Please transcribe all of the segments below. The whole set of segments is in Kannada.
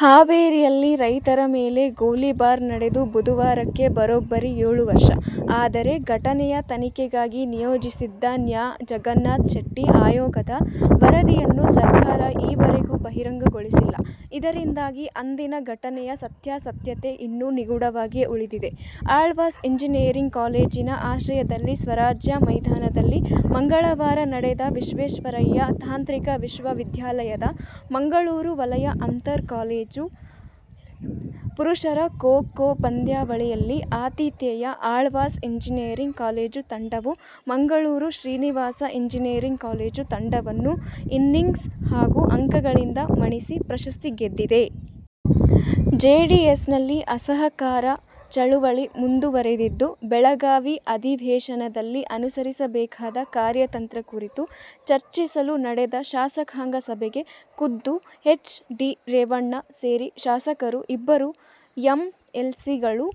ಹಾವೇರಿಯಲ್ಲಿ ರೈತರ ಮೇಲೆ ಗೋಲಿಬಾರ್ ನಡೆದು ಬುಧವಾರಕ್ಕೆ ಬರೋಬ್ಬರಿ ಏಳು ವರ್ಷ. ಆದರೆ ಘಟನೆಯ ತನಿಖೆಗಾಗಿ ನಿಯೋಜಿಸಿದ್ದ ನ್ಯಾ ಜಗನ್ನಾಥ ಶೆಟ್ಟಿ ಆಯೋಗದ ವರದಿಯನ್ನು ಸರ್ಕಾರ ಈವರೆಗೂ ಬಹಿರಂಗಗೊಳಿಸಿಲ್ಲ. ಇದರಿಂದಾಗಿ ಅಂದಿನ ಘಟನೆಯ ಸತ್ಯಾಸತ್ಯತೆ ಇನ್ನು ನಿಗೂಢವಾಗಿಯೇ ಉಳಿದಿದೆ. ಆಳ್ವಾಸ್ ಎಂಜಿನಿಯರಿಂಗ್ ಕಾಲೇಜಿನ ಆಶ್ರಯದಲ್ಲಿ ಸ್ವರಾಜ್ಯ ಮೈದಾನದಲ್ಲಿ ಮಂಗಳವಾರ ನಡೆದ ವಿಶ್ವೇಶ್ವರಯ್ಯ ತಾಂತ್ರಿಕ ವಿಶ್ವವಿದ್ಯಾಲಯದ ಮಂಗಳೂರು ವಲಯ ಅಂತರ್ ಕಾಲೇಜು ಪುರುಷರ ಖೋ ಖೋ ಪಂದ್ಯಾವಳಿಯಲ್ಲಿ ಆತಿಥೇಯ ಆಳ್ವಾಸ್ ಎಂಜಿನಿಯರಿಂಗ್ ಕಾಲೇಜು ತಂಡವು ಮಂಗಳೂರು ಶ್ರೀನಿವಾಸ ಎಂಜಿನಿಯರಿಂಗ್ ಕಾಲೇಜು ತಂಡವನ್ನು ಇನ್ನಿಂಗ್ಸ್ ಹಾಗೂ ಅಂಕಗಳಿಂದ ಮಣಿಸಿ ಪ್ರಶಸ್ತಿ ಗೆದ್ದಿದೆ. ಜೆಡಿಎಸ್ನಲ್ಲಿ "ಅಸಹಕಾರ' ಚಳವಳಿ ಮುಂದು ವರಿದಿದ್ದು, ಬೆಳಗಾವಿ ಅಧಿ ವೇಶನದಲ್ಲಿ ಅನುಸರಿಸಬೇಕಾದ ಕಾರ್ಯತಂತ್ರ ಕುರಿತು ಚರ್ಚಿಸಲು ನಡೆದ ಶಾಸಕಾಂಗ ಸಭೆಗೆ ಖುದ್ದುಎಚ್. ಡಿ. ರೇವಣ್ಣ ಸೇರಿ ಶಾಸಕರು, ಇಬ್ಬರು ಎಂಎಲ್ಸಿಗಳು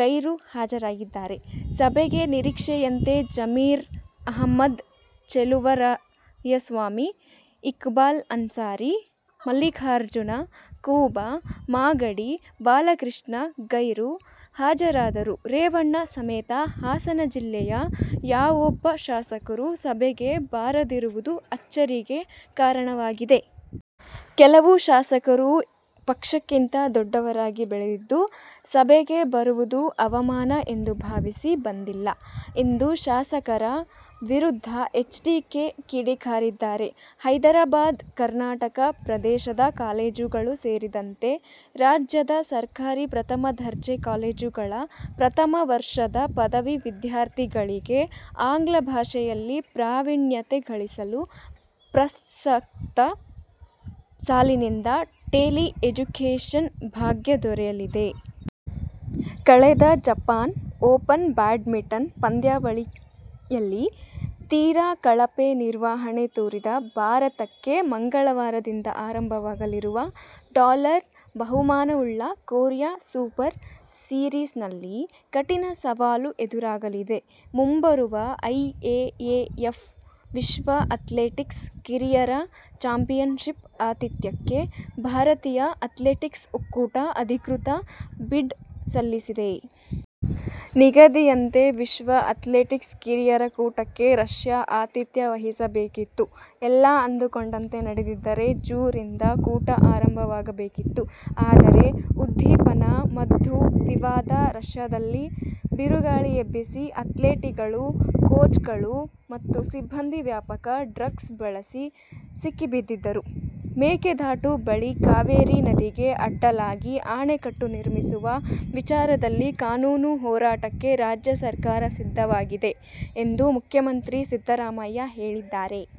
ಗೈರು ಹಾಜರಾಗಿದ್ದಾರೆ. ಸಭೆಗೆ ನಿರೀಕ್ಷೆಯಂತೆ ಜಮೀರ್ ಅಹಮದ್, ಚೆಲುವರಾಯಸ್ವಾಮಿ, ಇಕ್ಬಾಲ್ ಅನ್ಸಾರಿ, ಮಲ್ಲಿಕಾರ್ಜುನ ಕೂಬಾ, ಮಾಗಡಿ ಬಾಲಕೃಷ್ಣ ಗೈರು ಹಾಜರಾದರೂ ರೇವಣ್ಣ ಸಮೇತ ಹಾಸನ ಜಿಲ್ಲೆಯ ಯಾವೊಬ್ಬ ಶಾಸಕರೂ ಸಭೆಗೆ ಬಾರದಿರುವುದು ಅಚ್ಚರಿಗೆ ಕಾರಣವಾಗಿದೆ. "ಕೆಲವು ಶಾಸಕರು ಪಕ್ಷಕ್ಕಿಂತ ದೊಡ್ಡವರಾಗಿ ಬೆಳೆದಿದ್ದು, ಸಭೆಗೆ ಬರುವುದು ಅವಮಾನ ಎಂದು ಭಾವಿಸಿ ಬಂದಿಲ್ಲ' ಎಂದು ಶಾಸಕರ ವಿರುದ್ಧ ಎಚ್ಡಿಕೆ ಕಿಡಿಕಾರಿದ್ದಾರೆ. ಹೈದರಾಬಾದ್- ಕರ್ನಾಟಕ ಪ್ರದೇಶದ ಕಾಲೇಜುಗಳು ಸೇರಿದಂತೆ ರಾಜ್ಯದ ಸರ್ಕಾರಿ ಪ್ರಥಮ ದರ್ಜೆ ಕಾಲೇಜುಗಳ ಪ್ರಥಮ ವರ್ಷದ ಪದವಿ ವಿದ್ಯಾರ್ಥಿಗಳಿಗೆ ಆಂಗ್ಲ ಭಾಷೆಯಲ್ಲಿ ಪ್ರಾವೀಣ್ಯತೆ ಗಳಿಸಲು ಪ್ರಸಕ್ತ ಸಾಲಿನಿಂದ "ಟೆಲಿ ಎಜುಕೇಷನ್ ಭಾಗ್ಯ' ದೊರೆಯಲಿದೆ. ಕಳೆದ ಜಪಾನ್ ಓಪನ್ ಬ್ಯಾಡ್ಮಿಂಟನ್ ಪಂದ್ಯಾವಳಿಯಲ್ಲಿ ತೀರಾ ಕಳಪೆ ನಿರ್ವಹಣೆ ತೋರಿದ ಭಾರತಕ್ಕೆ ಮಂಗಳವಾರದಿಂದ ಆರಂಭವಾಗಲಿರುವ ಡಾಲರ್ ಬಹುಮಾನವುಳ್ಳ "ಕೊರಿಯಾ ಸೂಪರ್ ಸೀರೀಸ್'ನಲ್ಲಿ ಕಠಿನ ಸವಾಲು ಎದುರಾಗಲಿದೆ. ಮುಂಬರುವ ಐಎಎಎಫ್ ವಿಶ್ವ ಅಥ್ಲೆಟಿಕ್ಸ್ ಕಿರಿಯರ ಚಾಂಪಿಯನ್ಶಿಪ್ ಆತಿಥ್ಯಕ್ಕೆ ಭಾರತೀಯ ಅಥ್ಲೆಟಿಕ್ಸ್ ಒಕ್ಕೂಟ ಅಧಿಕೃತ ಬಿಡ್ ಸಲ್ಲಿಸಿದೆ. ನಿಗದಿಯಂತೆ ವಿಶ್ವ ಅಥ್ಲೆಟಿಕ್ಸ್ ಕಿರಿಯರ ಕೂಟಕ್ಕೆ ರಷ್ಯಾ ಆತಿಥ್ಯ ವಹಿಸಬೇಕಿತ್ತು. ಎಲ್ಲ ಅಂದುಕೊಂಡಂತೆ ನಡೆದಿದ್ದರೆ ಜು. ರಿಂದ ಕೂಟ ಆರಂಭವಾಗಬೇಕಿತ್ತು. ಆದರೆ ಉದ್ದೀಪನಾ ಮದ್ದು ವಿವಾದ ರಷ್ಯಾದಲ್ಲಿ ಬಿರುಗಾಳಿ ಎಬ್ಬಿಸಿ ಅಥ್ಲೀಟ್ಗಳು, ಕೋಚ್ಗಳು ಮತ್ತು ಸಿಬ್ಬಂದಿ ವ್ಯಾಪಕ ಡ್ರಗ್ಸ್ ಬಳಸಿ ಸಿಕ್ಕಿಬಿದ್ದಿದ್ದರು. ಮೇಕೆದಾಟು ಬಳಿ ಕಾವೇರಿ ನದಿಗೆ ಅಡ್ಡಲಾಗಿ ಅಣೆಕಟ್ಟು ನಿರ್ಮಿಸುವ ವಿಚಾರದಲ್ಲಿ ಕಾನೂನು ಹೋರಾಟಕ್ಕೆ ರಾಜ್ಯ ಸರ್ಕಾರ ಸಿದ್ಧವಾಗಿದೆ ಎಂದು ಮುಖ್ಯಮಂತ್ರಿ ಸಿದ್ದರಾಮಯ್ಯ ಹೇಳಿದ್ದಾರೆ.